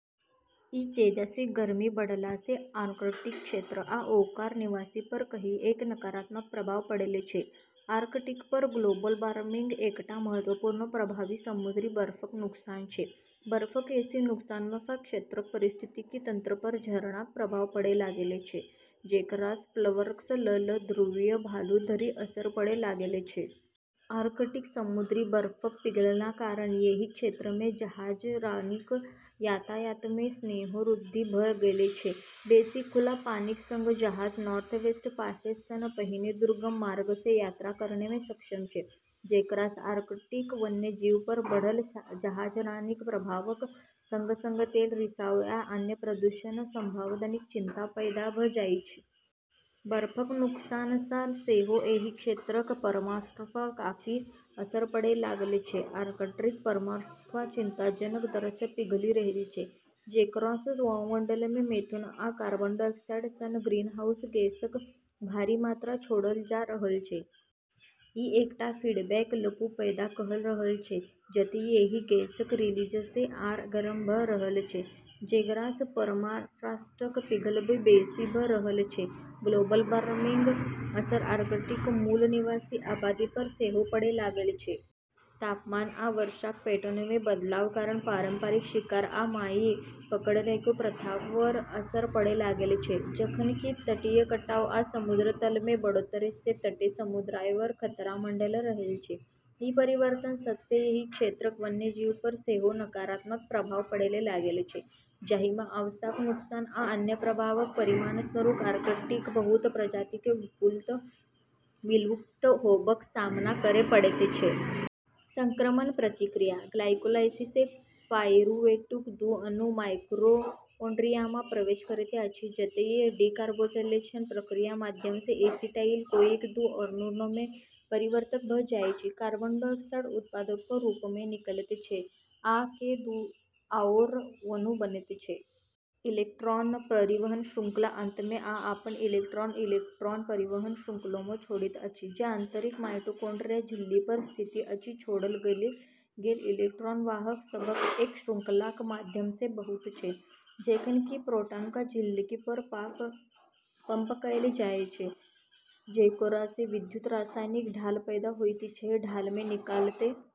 ई तेजीसँ गर्मी बढ़लासँ आर्कटिक क्षेत्र आ ओकर निवासीपर कईएक नकारात्मक प्रभाव पड़ल छै। आर्कटिकपर ग्लोबल वार्मिंगक एकटा महत्वपूर्ण प्रभाव समुद्री बर्फक नुकसान छै। बर्फक एहि नुकसानसँ क्षेत्रक पारिस्थितिकी तंत्रपर झरनाक प्रभाव पड़ै लागल छै, जेकरासँ प्लवकसँ लऽ कऽ ध्रुवीय भालू धरि असर पड़ै लागल छै। आर्कटिक समुद्री बर्फक पिघलला कारण एहि क्षेत्रमे जहाजरानीक यातायातमे सेहो वृद्धि भऽ गेल छै। बेसि खुला पानीक संग जहाज नॉर्थवेस्ट पासेज सन पहिने दुर्गम मार्गसँ यात्रा करैमे सक्षम छै, जेकरासँ आर्कटिक वन्यजीवपर बढ़ल जहाजरानीक प्रभावक संग-संग तेल रिसाव आ अन्य प्रदूषणक संभावनाक चिंता पैदा भऽ जाइछ। बर्फक नुकसानसँ सेहो एहि क्षेत्रक परमाफ्रॉस्टपर काफी असर पड़ै लागल छै। आर्कटिक पर्माफ्रॉस्ट चिंताजनक दरसँ पिघलि रहल छै, जेकरासँ वायुमंडलमे मीथेन आ कार्बन डाइऑक्साइड सन ग्रीनहाउस गैसक भारी मात्रा छोड़ल जा रहल छै। ई एकटा फीडबैक लूप पैदा कऽ रहल छै, जतए एहि गैसक रिलीजसँ आर गरम भऽ रहल छै, जेकरासँ परमाफ्रॉस्टक पिघलब बेसि भऽ रहल छै। ग्लोबल वार्मिंगक असर आर्कटिकक मूल निवासी आबादीपर सेहो पड़ै लागल छै। तापमान आ वर्षाक पैटर्नमे बदलाव कारण पारंपरिक शिकार आ माछ पकड़ैकेँ प्रथापर असर पड़ै लागल छै, जखन कि तटीय कटाव आ समुद्र तलमे बढ़ोत्तरीसँ तटीय समुदायपर खतरा मँडरा रहल छै। ई परिवर्तन सभसँ एहि क्षेत्रक वन्यजीवपर सेहो नकारात्मक प्रभाव पड़ै लागल छै, जाहिमे आवासक नुकसान आ अन्य प्रभावक परिणामस्वरूप आर्कटिकक बहुत प्रजातिकेँ विलुप्त होबक सामना करै पड़ैत छै। संक्रमण प्रतिक्रिया: ग्लाइकोलाइसिससँ पाइरुवेटक दू अणु माइटोकॉन्ड्रियामे प्रवेश करैत अछि, जतए डिकार्बोक्जिलेशनक प्रक्रियाक माध्यमसँ एसिटाइल-कोएक दू अणुमे परिवर्तित भऽ जाइछ। कार्बन डाइऑक्साइड उपोत्पादक रूपमे निकलैत छै, आ के दू आओर अणु बनैत छै। इलेक्ट्रॉन परिवहन श्रृंखला: अंतमे आ अपन इलेक्ट्रॉन इलेक्ट्रॉन परिवहन श्रृंखलामे छोड़ैत अछि, जे आंतरिक माइटोकॉन्ड्रिया झिल्लीपर स्थित अछि। छोड़ल गेल इलेक्ट्रॉन वाहक सभक एक श्रृंखलाक माध्यमसँ बहैत छै, जखन कि प्रोटॉनकेँ झिल्लीक पार पंप कएल जाइछ, जेकरासँ विद्युत रासायनिक ढाल पैदा होइत छै। ढालसँ निकलैत--